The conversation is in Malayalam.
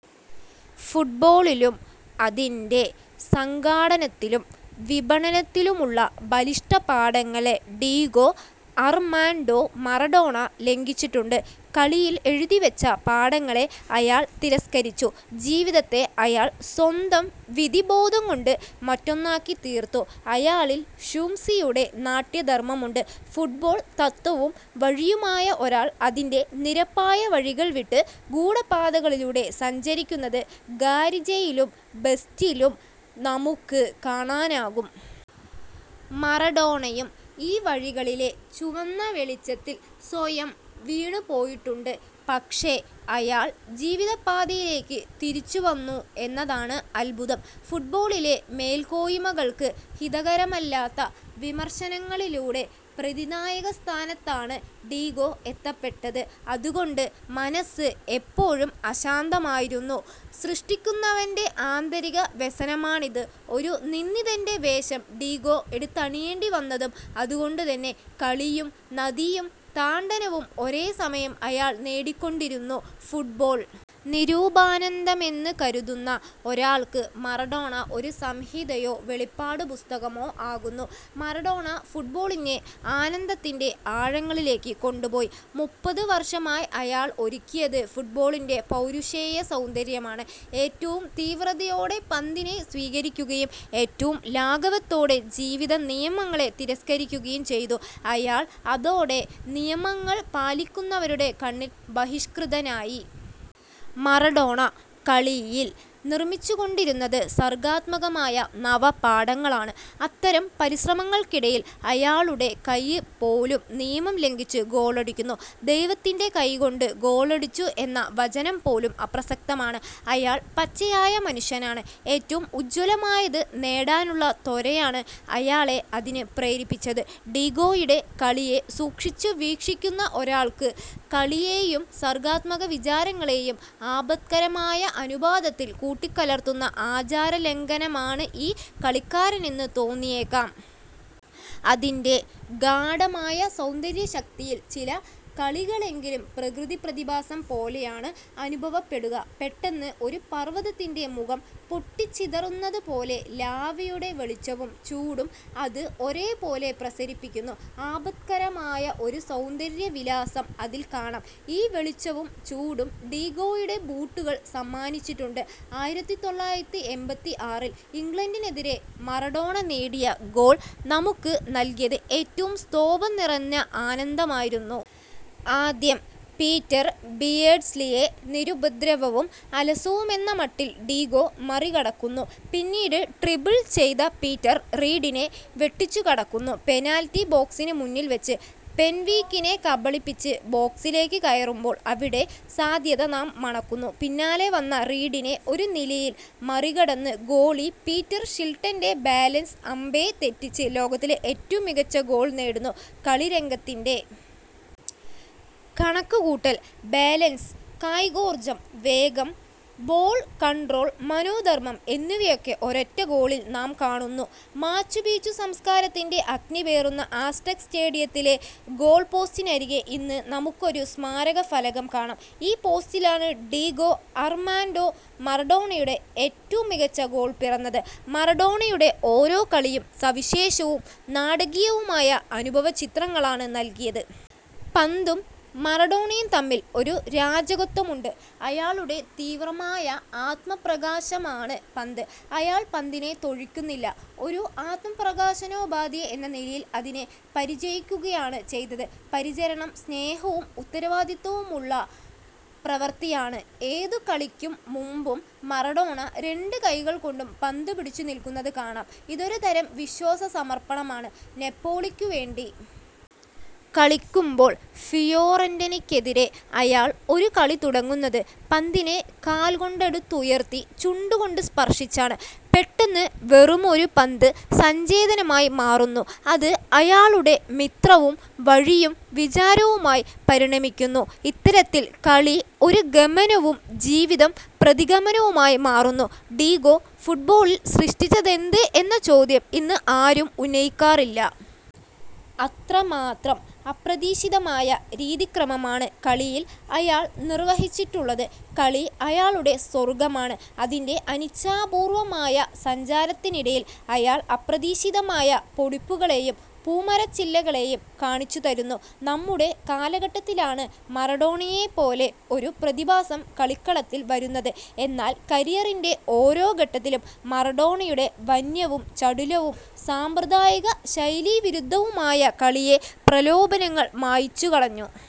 ഫുട്ബോളിലും അതിന്റെ സംഘാടനത്തിലും വിപണനത്തിലുമുള്ള ബലിഷ്ഠപാഠങ്ങളെ ഡീഗോ അർമാൻഡോ മറഡോണ ലംഘിച്ചിട്ടുണ്ട്. കളിയിൽ എഴുതിവെച്ച പാഠങ്ങളെ അയാൾ തിരസ്കരിച്ചു. ജീവിതത്തെ അയാൾ സ്വന്തം വിധിബോധംകൊണ്ട് മറ്റൊന്നാക്കിത്തീർത്തു. അയാളിൽ ഷൂംസിയുടെ നാട്യധർമമുണ്ട്. ഫുട്ബോൾ തത്ത്വവും വഴിയുമായ ഒരാൾ അതിന്റെ നിരപ്പായ വഴികൾ വിട്ട് ഗൂഢപാതകളിലൂടെ സഞ്ചരിക്കുന്നത് ഗാരിഞ്ചയിലും ബെസ്റ്റിലും നമുക്ക് കാണാനാകും. മറഡോണയും ഈ വഴികളിലെ ചുവന്ന വെളിച്ചത്തിൽ സ്വയം വീണുപോയിട്ടുണ്ട്. പക്ഷേ അയാൾ ജീവിതപ്പാതയിലേക്ക് തിരിച്ചുവന്നു എന്നതാണ് അദ്ഭുതം. ഫുട്ബോളിലെ മേൽക്കോയ്മകൾക്ക് ഹിതകരമല്ലാത്ത വിമർശനങ്ങളിലൂടെ പ്രതിനായകസ്ഥാനത്താണ് ഡീഗോ എത്തപ്പെട്ടത്. അതുകൊണ്ട് മനസ്സ് എപ്പോഴും അശാന്തമായിരുന്നു. സൃഷ്ടിക്കുന്നവന്റെ ആന്തരിക വ്യസനമാണിത്. ഒരു നിന്ദിതന്റെ വേഷം ഡീഗോ എടുത്തണിയേണ്ടിവന്നതും അതുകൊണ്ടുതന്നെ. കളിയും നദിയും താഡനവും ഒരേസമയം അയാൾ നേടിക്കൊണ്ടിരുന്നു. ഫുട്ബോൾ നിരുപമാനന്ദമെന്ന് കരുതുന്ന ഒരാൾക്ക് മറഡോണ ഒരു സംഹിതയോ വെളിപാടുപുസ്തകമോ ആകുന്നു. മറഡോണ ഫുട്ബോളിനെ ആനന്ദത്തിന്റെ ആഴങ്ങളിലേക്ക് കൊണ്ടുപോയി. മുപ്പത് വർഷമായി അയാൾ ഒരുക്കിയത് ഫുട്ബോളിന്റെ പൗരുഷേയസൗന്ദര്യമാണ്. ഏറ്റവും തീവ്രതയോടെ പന്തിനെ സ്വീകരിക്കുകയും ഏറ്റവും ലാഘവത്തോടെ ജീവിതനിയമങ്ങളെ തിരസ്കരിക്കുകയും ചെയ്തു അയാൾ. അതോടെ നിയമങ്ങൾ പാലിക്കുന്നവരുടെ കണ്ണിൽ ബഹിഷ്കൃതനായി. മറഡോണ കളിയിൽ നിർമിച്ചുകൊണ്ടിരുന്നത് സർഗാത്മകമായ നവപാഠങ്ങളാണ്. അത്തരം പരിശ്രമങ്ങൾക്കിടയിൽ അയാളുടെ കൈയ്യ്പോലും നിയമം ലംഘിച്ച് ഗോളടിക്കുന്നു. ദൈവത്തിന്റെ കൈകൊണ്ട് ഗോളടിച്ചു എന്ന വചനംപോലും അപ്രസക്തമാണ്. അയാൾ പച്ചയായ മനുഷ്യനാണ്. ഏറ്റവും ഉജ്ജ്വലമായത് നേടാനുള്ള ത്വരയാണ് അയാളെ അതിന് പ്രേരിപ്പിച്ചത്. ഡീഗോയുടെ കളിയെ സൂക്ഷിച്ചു വീക്ഷിക്കുന്ന ഒരാൾക്ക് കളിയെയും സർഗാത്മക വിചാരങ്ങളെയും ആപത്കരമായ അനുപാതത്തിൽ കൂട്ടിക്കലർത്തുന്ന ആചാരലംഘകനാണ് ഈ കളിക്കാരനെന്ന് തോന്നിയേക്കാം. അതിന്റെ ഗാഢമായ സൗന്ദര്യശക്തിയിൽ ചില കളികളെങ്കിലും പ്രകൃതിപ്രതിഭാസം പോലെയാണ് അനുഭവപ്പെടുക. പെട്ടെന്ന് ഒരു പർവതത്തിന്റെ മുഖം പൊട്ടിച്ചിതറുന്നതുപോലെ ലാവയുടെ വെളിച്ചവും ചൂടും അത് ഒരേപോലെ പ്രസരിപ്പിക്കുന്നു. ആപത്കരമായ ഒരു സൗന്ദര്യവിലാസം അതിൽ കാണാം. ഈ വെളിച്ചവും ചൂടും ഡീഗോയുടെ ബൂട്ടുകൾ സമ്മാനിച്ചിട്ടുണ്ട്. ആയിരത്തി തൊള്ളായിരത്തി എൺപത്തിയാറിൽ ഇംഗ്ലണ്ടിനെതിരെ മറഡോണ നേടിയ ഗോൾ നമുക്ക് നൽകിയത് ഏറ്റവും സ്തോഭം നിറഞ്ഞ ആനന്ദമായിരുന്നു. ആദ്യം പീറ്റർ ബിയേർഡ്സ്ലിയെ നിരുപദ്രവവും അലസവുമെന്ന മട്ടിൽ ഡീഗോ മറികടക്കുന്നു. പിന്നീട് ഡ്രിബിൾ ചെയ്ത് പീറ്റർ റീഡിനെ വെട്ടിച്ചുകടക്കുന്നു. പെനാൽറ്റി ബോക്സിന് മുന്നിൽവെച്ച് ഫെൻവിക്കിനെ കബളിപ്പിച്ച് ബോക്സിലേക്ക് കയറുമ്പോൾ അവിടെ സാധ്യത നാം മണക്കുന്നു. പിന്നാലെ വന്ന റീഡിനെ ഒരു നിലയിൽ മറികടന്ന് ഗോളി പീറ്റർ ഷിൽട്ടന്റെ ബാലൻസ് അമ്പേ തെറ്റിച്ച് ലോകത്തിലെ ഏറ്റവും മികച്ച ഗോൾ നേടുന്നു. കളിരംഗത്തിന്റെ കണക്കുകൂട്ടൽ ബാലൻസ് കായികോർജം വേഗം ബോൾ കൺട്രോൾ മനോധർമം എന്നിവയൊക്കെ ഒരൊറ്റ ഗോളിൽ നാം കാണുന്നു. മാച്ചുപിച്ചു സംസ്കാരത്തിന്റെ അഗ്നി പേറുന്ന ആസ്ടെക് സ്റ്റേഡിയത്തിലെ ഗോൾപോസ്റ്റിനരികെ ഇന്ന് നമുക്കൊരു സ്മാരകഫലകം കാണാം. ഈ പോസ്റ്റിലാണ് ഡീഗോ അർമാൻഡോ മറഡോണയുടെ ഏറ്റവും മികച്ച ഗോൾ പിറന്നത്. മറഡോണയുടെ ഓരോ കളിയും സവിശേഷവും നാടകീയവുമായ അനുഭവചിത്രങ്ങളാണ് നൽകിയത്. പന്തും മറഡോണയും തമ്മിൽ ഒരു രഞ്ജകത്വമുണ്ട്. അയാളുടെ തീവ്രമായ ആത്മപ്രകാശമാണ് പന്ത്. അയാൾ പന്തിനെ തൊഴിക്കുന്നില്ല. ഒരു ആത്മപ്രകാശനോപാധി എന്ന നിലയിൽ അതിനെ പരിചരിക്കുകയാണ് ചെയ്തത്. പരിചരണം സ്നേഹവും ഉത്തരവാദിത്വവുമുള്ള പ്രവൃത്തിയാണ്. ഏതു കളിക്കും മുമ്പും മറഡോണ രണ്ട് കൈകൾകൊണ്ടും പന്ത് പിടിച്ചുനിൽക്കുന്നതു കാണാം. ഇതൊരു തരം വിശ്വാസസമർപ്പണമാണ്. നപ്പോളിക്കുവേണ്ടി കളിക്കുമ്പോൾ ഫിയോറന്റീനയ്ക്കെതിരെ അയാൾ ഒരു കളി തുടങ്ങുന്നത് പന്തിനെ കാൽകൊണ്ടെടുത്തുയർത്തി ചുണ്ടുകൊണ്ട് സ്പർശിച്ചാണ്. പെട്ടെന്ന് വെറുമൊരു പന്ത് സചേതനമായി മാറുന്നു. അത് അയാളുടെ മിത്രവും വഴിയും വിചാരവുമായി പരിണമിക്കുന്നു. ഇത്തരത്തിൽ കളി ഒരു ഗമനവും ജീവിതം പ്രതിഗമനവുമായി മാറുന്നു. ഡീഗോ ഫുട്ബോളിൽ സൃഷ്ടിച്ചതെന്ത് എന്ന ചോദ്യം ഇന്ന് ആരും ഉന്നയിക്കാറില്ല. അത്രമാത്രം അപ്രതീക്ഷിതമായ രീതിക്രമമാണ് കളിയിൽ അയാൾ നിർവഹിച്ചിട്ടുള്ളത്. കളി അയാളുടെ സ്വർഗമാണ്. അതിന്റെ അനിച്ഛാപൂർവമായ സഞ്ചാരത്തിനിടയിൽ അയാൾ അപ്രതീക്ഷിതമായ പൊടിപ്പുകളെയും പൂമരച്ചില്ലകളെയും കാണിച്ചുതരുന്നു. നമ്മുടെ കാലഘട്ടത്തിലാണ് മറഡോണയെപ്പോലെ ഒരു പ്രതിഭാസം കളിക്കളത്തിൽ വരുന്നത്. എന്നാൽ കരിയറിന്റെ ഓരോ ഘട്ടത്തിലും മറഡോണയുടെ വന്യവും ചടുലവും സാമ്പ്രദായിക ശൈലീവിരുദ്ധവുമായ കളിയെ പ്രലോഭനങ്ങൾ മായ്ച്ചുകളഞ്ഞു.